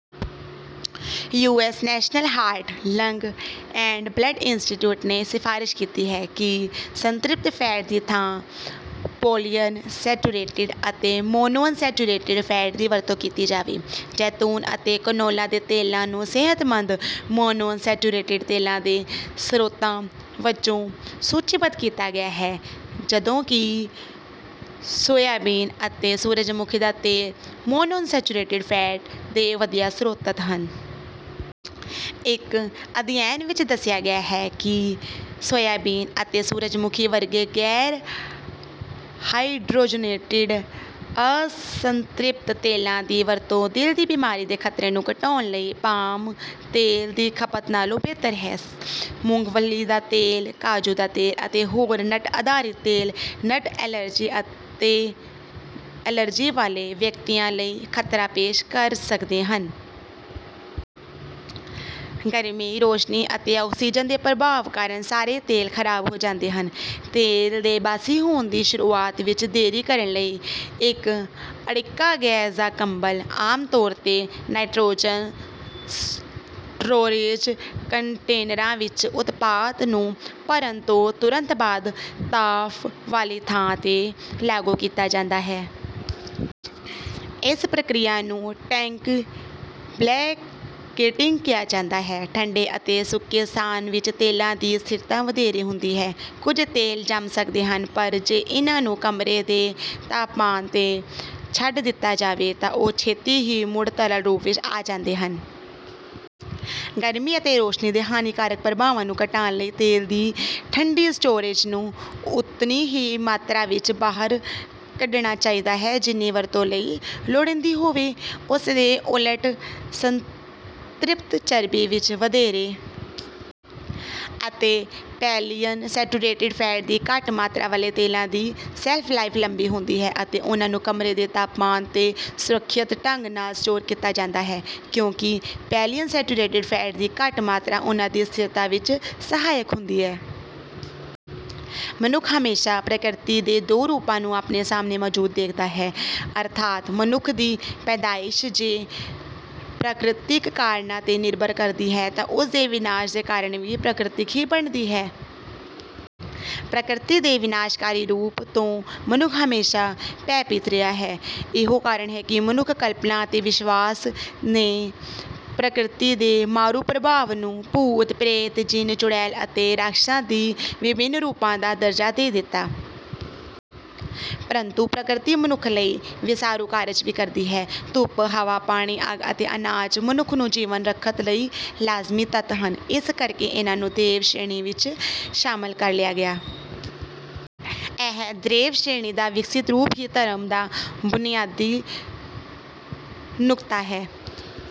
US National Heart, Lung and Blood Institute ਨੇ ਸਿਫ਼ਾਰਸ਼ ਕੀਤੀ ਹੈ ਕਿ ਸੰਤ੍ਰਿਪਤ ਫੈਟ ਦੀ ਥਾਂ ਪੌਲੀਅਨਸੈਚੁਰੇਟਿਡ ਅਤੇ ਮੋਨੋਅਨਸੈਚੁਰੇਟਿਡ ਫੈਟ ਦੀ ਵਰਤੋਂ ਕੀਤੀ ਜਾਵੇ। ਜੈਤੂਨ ਅਤੇ ਕੈਨੋਲਾ ਦੇ ਤੇਲਾਂ ਨੂੰ ਸਿਹਤਮੰਦ ਮੋਨੋਅਨਸੈਚੁਰੇਟਿਡ ਤੇਲਾਂ ਦੇ ਸਰੋਤਾਂ ਵਜੋਂ ਸੂਚੀਬੱਧ ਕੀਤਾ ਗਿਆ ਹੈ, ਜਦੋਂਕਿ ਸੋਇਆਬੀਨ ਅਤੇ ਸੂਰਜਮੁਖੀ ਦੇ ਤੇਲ ਪੌਲੀਅਨਸੈਚੁਰੇਟਿਡ ਫੈਟ ਦੇ ਵਧੀਆ ਸਰੋਤ ਹਨ। ਇੱਕ ਅਧਿਐਨ ਵਿੱਚ ਦੱਸਿਆ ਗਿਆ ਹੈ ਕਿ ਸੋਇਆਬੀਨ ਅਤੇ ਸੂਰਜਮੁਖੀ ਵਰਗੇ ਗੈਰ-ਹਾਈਡਰੋਜਨੇਟਿਡ ਅਸੰਤ੍ਰਿਪਤ ਤੇਲਾਂ ਦੀ ਵਰਤੋਂ ਦਿਲ ਦੀ ਬਿਮਾਰੀ ਦੇ ਖ਼ਤਰੇ ਨੂੰ ਘਟਾਉਣ ਲਈ ਪਾਮ ਤੇਲ ਦੀ ਖਪਤ ਨਾਲੋਂ ਬਿਹਤਰ ਹੈ। ਮੂੰਗਫਲੀ ਦਾ ਤੇਲ, ਕਾਜੂ ਦਾ ਤੇਲ ਅਤੇ ਹੋਰ ਨਟ-ਆਧਾਰਿਤ ਤੇਲ ਨਟ ਐਲਰਜੀ ਵਾਲੇ ਵਿਅਕਤੀਆਂ ਲਈ ਖ਼ਤਰਾ ਪੇਸ਼ ਕਰ ਸਕਦੇ ਹਨ। ਗਰਮੀ, ਰੌਸ਼ਨੀ ਅਤੇ ਆਕਸੀਜਨ ਦੇ ਪ੍ਰਭਾਵ ਕਾਰਨ ਸਾਰੇ ਤੇਲ ਖ਼ਰਾਬ ਹੋ ਜਾਂਦੇ ਹਨ। ਤੇਲ ਦੇ ਬਾਸੀ ਹੋਣ ਦੀ ਸ਼ੁਰੂਆਤ ਵਿੱਚ ਦੇਰੀ ਕਰਨ ਲਈ, ਇੱਕ ਅੜਿੱਕਾ ਗੈਸ ਦਾ ਕੰਬਲ, ਆਮ ਤੌਰ ’ਤੇ ਨਾਈਟ੍ਰੋਜਨ, ਸਟੋਰੇਜ ਕੰਟੇਨਰਾਂ ਵਿੱਚ ਉਤਪਾਦ ਨੂੰ ਭਰਨ ਤੋਂ ਤੁਰੰਤ ਬਾਅਦ ਤਾਫ਼ ਵਾਲੀ ਥਾਂ ’ਤੇ ਲਾਗੂ ਕੀਤਾ ਜਾਂਦਾ ਹੈ। ਇਸ ਪ੍ਰਕਿਰਿਆ ਨੂੰ ‘ਟੈਂਕ ਬਲੈਂਕੇਟਿੰਗ’ ਕਿਹਾ ਜਾਂਦਾ ਹੈ। ਠੰਢੇ ਅਤੇ ਸੁੱਕੇ ਸਥਾਨ ਵਿੱਚ ਤੇਲਾਂ ਦੀ ਸਥਿਰਤਾ ਵਧੇਰੇ ਹੁੰਦੀ ਹੈ। ਕੁਝ ਤੇਲ ਜੰਮ ਸਕਦੇ ਹਨ, ਪਰ ਜੇ ਉਨ੍ਹਾਂ ਨੂੰ ਕਮਰੇ ਦੇ ਤਾਪਮਾਨ ’ਤੇ ਛੱਡ ਦਿੱਤਾ ਜਾਵੇ ਤਾਂ ਉਹ ਛੇਤੀ ਹੀ ਮੁੜ ਤਰਲ ਰੂਪ ਵਿੱਚ ਆ ਜਾਂਦੇ ਹਨ। ਗਰਮੀ ਅਤੇ ਰੌਸ਼ਨੀ ਦੇ ਹਾਨੀਕਾਰਕ ਪ੍ਰਭਾਵਾਂ ਨੂੰ ਘਟਾਉਣ ਲਈ ਤੇਲ ਦੀ ਠੰਢੀ ਸਟੋਰੇਜ ਨੂੰ ਉਤਨੀ ਹੀ ਮਾਤਰਾ ਵਿੱਚ ਬਾਹਰ ਕੱਢਣਾ ਚਾਹੀਦਾ ਹੈ, ਜਿੰਨੀ ਵਰਤੋਂ ਲਈ ਲੋੜੀਂਦੀ ਹੋਵੇ। ੳਸਦੇ ਉਲਟ, ਸੰਤ੍ਰਿਪਤ ਚਰਬੀ ਵਿੱਚ ਵਧੇਰੇ ਅਤੇ ਪੌਲੀਅਨਸੈਚੁਰੇਟਿਡ ਫੈਟ ਦੀ ਘੱਟ ਮਾਤਰਾ ਵਾਲੇ ਤੇਲਾਂ ਦੀ ਸ਼ੈਲਫ ਲਾਈਫ ਲੰਬੀ ਹੁੰਦੀ ਹੈ ਅਤੇ ਉਨ੍ਹਾਂ ਨੂੰ ਕਮਰੇ ਦੇ ਤਾਪਮਾਨ ’ਤੇ ਸੁਰੱਖਿਅਤ ਢੰਗ ਨਾਲ ਸਟੋਰ ਕੀਤਾ ਜਾਂਦਾ ਹੈ, ਕਿਉਂਕਿ ਪੌਲੀਅਨਸੈਚੁਰੇਟਿਡ ਫੈਟ ਦੀ ਘੱਟ ਮਾਤਰਾ ਉਨ੍ਹਾਂ ਦੀ ਸਥਿਰਤਾ ਵਿੱਚ ਸਹਾਇਕ ਹੁੰਦੀ ਹੈ। ਮਨੁੱਖ ਹਮੇਸ਼ਾਂ ਪ੍ਰਕਿਰਤੀ ਦੇ ਦੋ ਰੂਪਾਂ ਨੂੰ ਆਪਣੇ ਸਾਹਮਣੇ ਮੌਜੂਦ ਦੇਖਦਾ ਹੈ, ਅਰਥਾਤ, ਮਨੁੱਖ ਦੀ ਪੈਦਾਇਸ਼ ਜੇ ਪ੍ਰਾਕਿਰਤਿਕ ਕਾਰਨਾਂ ’ਤੇ ਨਿਰਭਰ ਕਰਦੀ ਹੈ ਤਾਂ ਉਸ ਦੇ ਵਿਨਾਸ਼ ਦਾ ਕਾਰਨ ਵੀ ਪ੍ਰਕਿਰਤੀਕ ਹੀ ਬਣਦੀ ਹੈ। ਪ੍ਰਕਿਰਤੀ ਦੇ ਵਿਨਾਸ਼ਕਾਰੀ ਰੂਪ ਤੋਂ ਮਨੁੱਖ ਹਮੇਸ਼ਾਂ ਭੈਭੀਤ ਰਿਹਾ ਹੈ। ਇਹੋ ਕਾਰਨ ਹੈ ਕਿ ਮਨੁੱਖੀ ਕਲਪਨਾ ਅਤੇ ਵਿਸ਼ਵਾਸ ਨੇ ਪ੍ਰਕਿਰਤੀ ਦੇ ਮਾਰੂ ਪ੍ਰਭਾਵ ਨੂੰ ਭੂਤ, ਪ੍ਰੇਤ, ਜਿੰਨ, ਚੁੜੇਲ ਅਤੇ ਰਾਖਸ਼ਾਂ ਦੇ ਵਿਭਿੰਨ ਰੂਪਾਂ ਦਾ ਦਰਜਾ ਦੇ ਦਿੱਤਾ। ਪਰੰਤੂ ਪ੍ਰਕਿਰਤੀ ਮਨੁੱਖ ਲਈ ਵਿਸਾਰੂ ਕਾਰਜ ਵੀ ਕਰਦੀ ਰਹੀ ਹੈ। ਧੁੱਪ, ਹਵਾ, ਪਾਣੀ, ਅੱਗ ਅਤੇ ਅਨਾਜ ਮਨੁੱਖ ਨੂੰ ਜੀਵਤ ਰੱਖਣ ਲਈ ਲਾਜ਼ਮੀ ਤੱਤ ਹਨ। ਇਸ ਕਰਕੇ ਇਨ੍ਹਾਂ ਨੂੰ ‘ਦੇਵ’ ਸ਼੍ਰੇਣੀ ਵਿੱਚ ਸ਼ਾਮਲ ਕਰ ਲਿਆ ਗਿਆ। ਇਹ ‘ਦੇਵ’ ਸ਼੍ਰੇਣੀ ਦਾ ਵਿਕਸਤ ਰੂਪ ਹੀ ਧਰਮ ਦਾ ਬੁਨਿਆਦੀ ਨੁਕਤਾ ਹੈ।